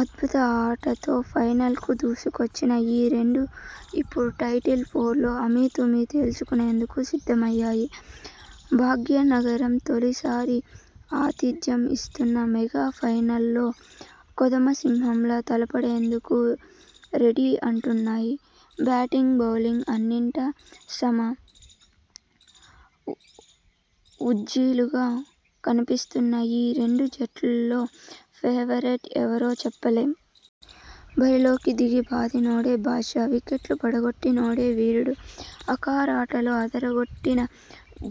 అద్భుత ఆటతో ఫైనల్కు దూసుకొచ్చిన ఈ రెండూ ఇప్పుడు టైటిల్ పొర్లు అమీతుమీ తేల్చుకునేందుకు సిద్ధమయ్యాయి! భాగ్యనగరం తొలి సారి ఆతిథ్యం ఇస్తున్న మెగా ఫైనల్లో కొదమసింహాల్లా తలపడేందుకు రె'ఢీ' అంటున్నాయి! బ్యాటింగ్ బౌలింగ్ అన్నింటా సమ ఉజ్జీలుగా కనిపిస్తున్న ఈ రెండు జట్లలో ఫేవరెట్ ఎవరో చెప్పలేం! బరిలోకి దిగి బాదినోడే బాద్షా వికెట్లు పడగొట్టినోడే వీరుడు ఆఖరాటలో అదరగొట్టిన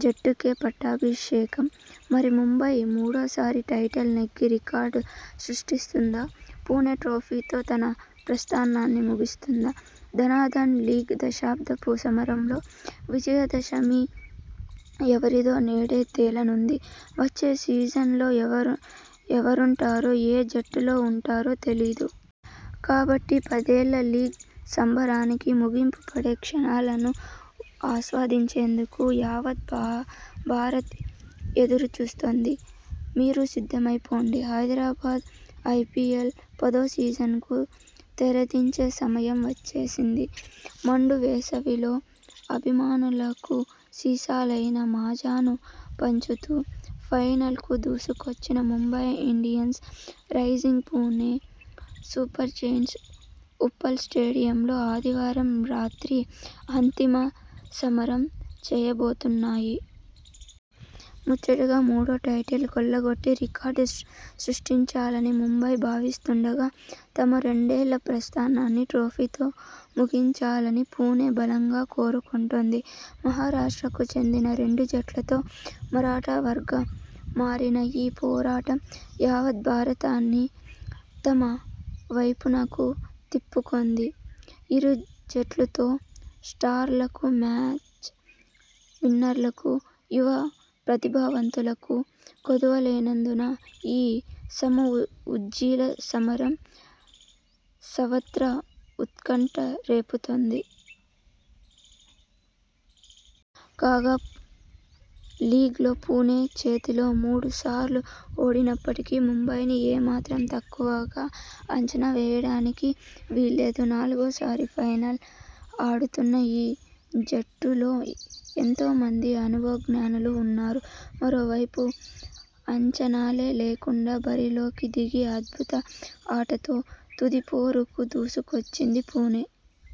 జట్టుకే పట్టాభిషేకం! మరి, ముంబై మూడోసారి టైటిల్ నెగ్గి రికార్డు సృష్టిస్తుందా పుణె ట్రోఫీతో తన ప్రస్థానాన్ని ముగిస్తుందా! ధనాధన లీగ్ దశాబ్దపు సమరంలో విజయ 'దశ'మి ఎవరిదో నేడే తేలనుంది! వచ్చే సీజన్లో ఎవరుంటారో ఏ జట్టులో ఉంటారో తెలీదు. కాబట్టి పదేళ్ల లీగ్ సంబరానికి ముగింపు పడే క్షణాలను ఆస్వాదించేందుకు యావత్ భారత్ ఎదురుచూస్తోంది! మీరూ సిద్ధమైపోండి! హైదరాబాద్ ఐపీఎల్ పదో సీజనకు తెరదించే సమయం వచ్చేసింది. మండు వేసవిలో అభిమానులకు సిసలైన మజాను పంచుతూ ఫైనల్కు దూసుకొచ్చిన Mumbai Indians, Rising Pune Supergiant Uppal స్టేడియంలో ఆదివారం రాత్రి అంతిమ సమరం చేయబోతున్నాయి. ముచ్చటగా మూడో టైటిల్ కొల్లగొట్టి రికార్డు సృష్టించాలని ముంబై భావిస్తుండగా తమ రెండేళ్ల ప్రస్థానాన్ని ట్రోఫీతో ముగించాలని పుణె బలంగా కోరుకుంటోంది. మహారాష్ట్రకు చెందిన రెండు జట్లతో మరాఠా వార్గా మారిన ఈ పోరాటం యావత్ భారతాన్ని తమ వైపునకు తిప్పుకొంది. ఇరు జట్లలో స్టార్లకు, మ్యాచ్ విన్నర్లకు, యువ ప్రతిభావంతులకు కొదువలేనందున ఈ సమ ఉజ్జీల సమరం సర్వత్రా ఉత్కంఠ రేపుతోంది. కాగా లీగ్లో పుణె చేతిలో మూడుసార్లు ఓడినప్పటికీ ముంబైని ఏ మాత్రం తక్కువగా అంచనా వేయడానికి వీల్లేదు. నాలుగోసారి ఫైనల్ ఆడుతున్న ఆ జట్టులో ఎంతో మంది అనుభవజ్ఞులు ఉన్నారు. మరో వైపు అంచనాలే లేకుండా బరిలోకి దిగి అద్భుత ఆటతో తుదిపోరుకు దూసుకొచ్చింది పుణె.